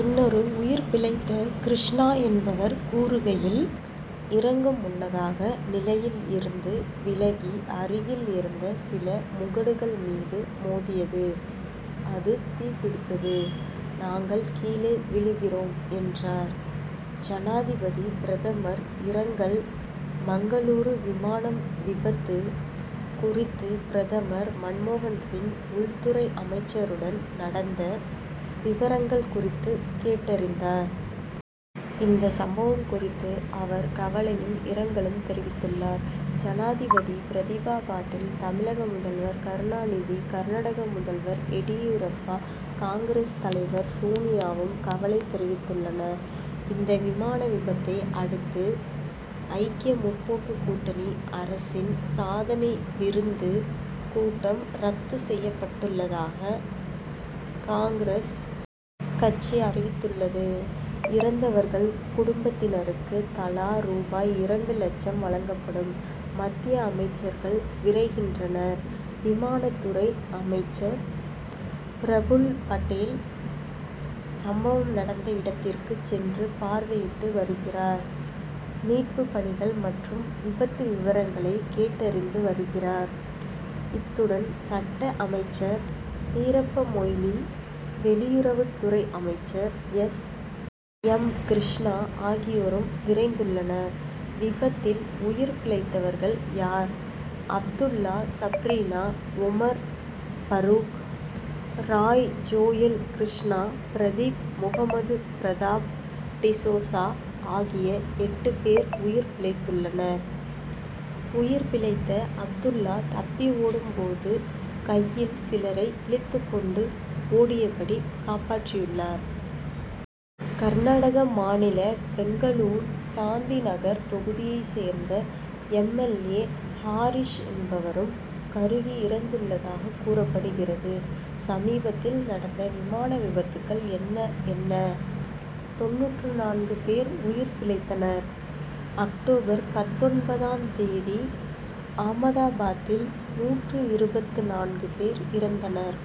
இன்னொரு உயிர்பிழைத்த கிருஷ்ணா என்பவர் கூறுகையில் இறங்கும் முன்னதாக நிலையில் இருந்து விலகி அருகில் இருந்த சில முகடுகள் மீது மோதியது. அது தீப்பிடித்தது. நாங்கள் கீழே விழுகிறோம் என்றார். ஜனாதிபதி பிரதமர் இரங்கல் மங்களூரு விமானம் விபத்து குறித்து பிரதமர் மன்மோகன்சிங் உள்துறை அமைச்சருடன் நடந்த விவரங்கள் குறித்து கேட்டறிந்தார். இந்த சம்பவம் குறித்து அவர் கவலையும் இரங்கலும் தெரிவித்துள்ளார். ஜனாதிபதி பிரதீபா பாட்டில் தமிழக முதல்வர் கருணாநிதி கர்நாடக முதல்வர் எடியூரப்பா காங். தலைவர் சோனியாவும் கவலை தெரிவித்துள்ளனர். இந்த விமான விபத்தை அடுத்து ஐக்கிய முற்போக்கு கூட்டணி அரசின் சாதனை விருந்து கூட்டம் ரத்து செய்யப்பட்டுள்ளதாக காங்கிரஸ் கட்சி அறிவித்துள்ளது. இறந்தவர்கள் குடும்பத்தினருக்கு தலா ரூபாய் இரண்டு லட்சம் வழங்கப்படும். மத்திய அமைச்சர்கள் விரைகின்றனர். விமான துறை அமைச்சர் பிரபுல் பட்டேல் சம்பவம் நடந்த இடத்திற்கு சென்று பார்வையிட்டு வருகிறார். மீட்பு பணிகள் மற்றும் விபத்து விவரங்களை கேட்டறிந்து வருகிறார். இத்துடன் சட்ட அமைச்சர் வீரப்ப மொய்லி வெளியுறவுத்துறை அமைச்சர் எஸ். எம். கிருஷ்ணா ஆகியோரும் விரைந்துள்ளனர். விபத்தில் உயிர் பிழைத்தவர்கள் யார்? அப்துல்லா சப்ரீனா ஒமர் பரூக் ராய் ஜோயல் கிருஷ்ணா பிரதீப் முகமது பிரதாப் டிசோசா ஆகிய எட்டு பேர் உயிர் பிழைத்துள்ளனர். உயிர் பிழைத்த அப்துல்லா தப்பி ஓடும்போது கையில் சிலரை இழுத்துக்கொண்டு ஓடியபடி காப்பாற்றியுள்ளார். கர்நாடக மாநில பெங்களூர் சாந்திநகர் தொகுதியை சேர்ந்த எம். எல். ஏ. ஹாரிஸ் என்பவரும் கருகி இறந்துள்ளதாக கூறப்படுகிறது. சமீபத்தில் நடந்த விமான விபத்துகள் என்ன? என்ன? தொண்ணூற்று நான்கு பேர் உயிர் பிழைத்தனர். அக்டோபர் பத்தொன்பதாம் தேதி ஆமதாபாத்தில் நூற்று இருபத்து நான்கு பேர் இறந்தனர்.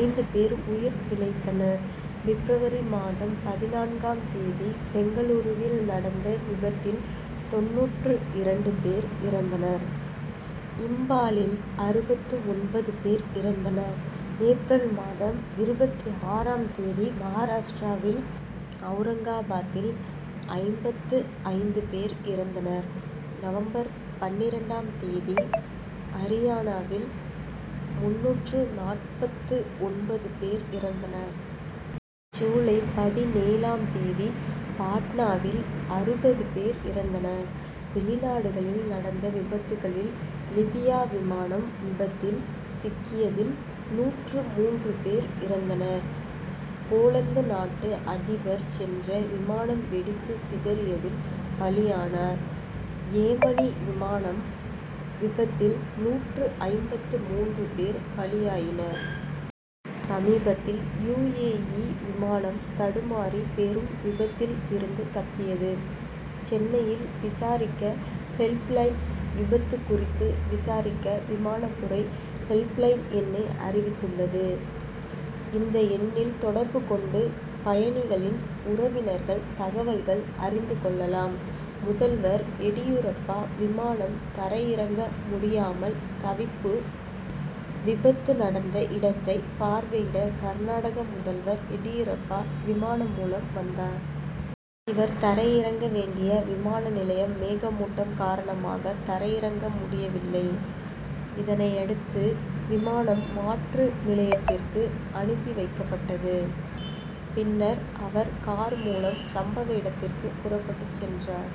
ஐந்து பேர் உயிர் பிழைத்தனர். பிப்ரவரி மாதம் பதினான்காம் தேதி பெங்களூருவில் நடந்த விபத்தில் தொண்ணூற்று இரண்டு பேர் இறந்தனர். இம்பாலில் அறுபத்து ஒன்பது பேர் இறந்தனர். ஏப்ரல் மாதம் இருபத்தி ஆறாம் தேதி மகாராஷ்டிராவில் அவுரங்காபாத்தில் ஐம்பத்து ஐந்து பேர் இறந்தனர். நவம்பர் பன்னிரண்டாம் தேதி அரியானாவில் முன்னூற்று நாற்பத்து ஒன்பது பேர் இறந்தனர். ஜூலை பதினேழாம் தேதி பாட்னாவில் அறுபது பேர் இறந்தனர். வெளிநாடுகளில் நடந்த விபத்துகளில் லிபியா விமானம் விபத்தில் சிக்கியதில் நூற்று மூன்று பேர் இறந்தனர். போலந்து நாட்டு அதிபர் சென்ற விமானம் வெடித்து சிதறியதில் பலியானார். ஏமனி விமானம் விபத்தில் நூற்று ஐம்பத்து மூன்று பேர் பலியாயினர். சமீபத்தில் யு. ஏ. இ. விமானம் தடுமாறி பெரும் விபத்தில் இருந்து தப்பியது. சென்னையில் விசாரிக்க ஹெல்ப் லைன் விபத்து குறித்து விசாரிக்க விமான துறை ஹெல்ப்லைன் எண்ணை அறிவித்துள்ளது. இந்த எண்ணில் தொடர்பு கொண்டு பயணிகளின் உறவினர்கள் தகவல்கள் அறிந்து கொள்ளலாம். முதல்வர் எடியூரப்பா விமானம் தரையிறங்க முடியாமல் தவிப்பு விபத்து நடந்த இடத்தை பார்வையிட கர்நாடக முதல்வர் எடியூரப்பா விமானம் மூலம் வந்தார். இவர் தரை இறங்க வேண்டிய விமான நிலையம் மேகமூட்டம் காரணமாக தரையிறங்க முடியவில்லை. இதனையடுத்து விமானம் மாற்று நிலையத்திற்கு அனுப்பி வைக்கப்பட்டது. பின்னர் அவர் கார் மூலம் சம்பவ இடத்திற்கு புறப்பட்டு சென்றார்.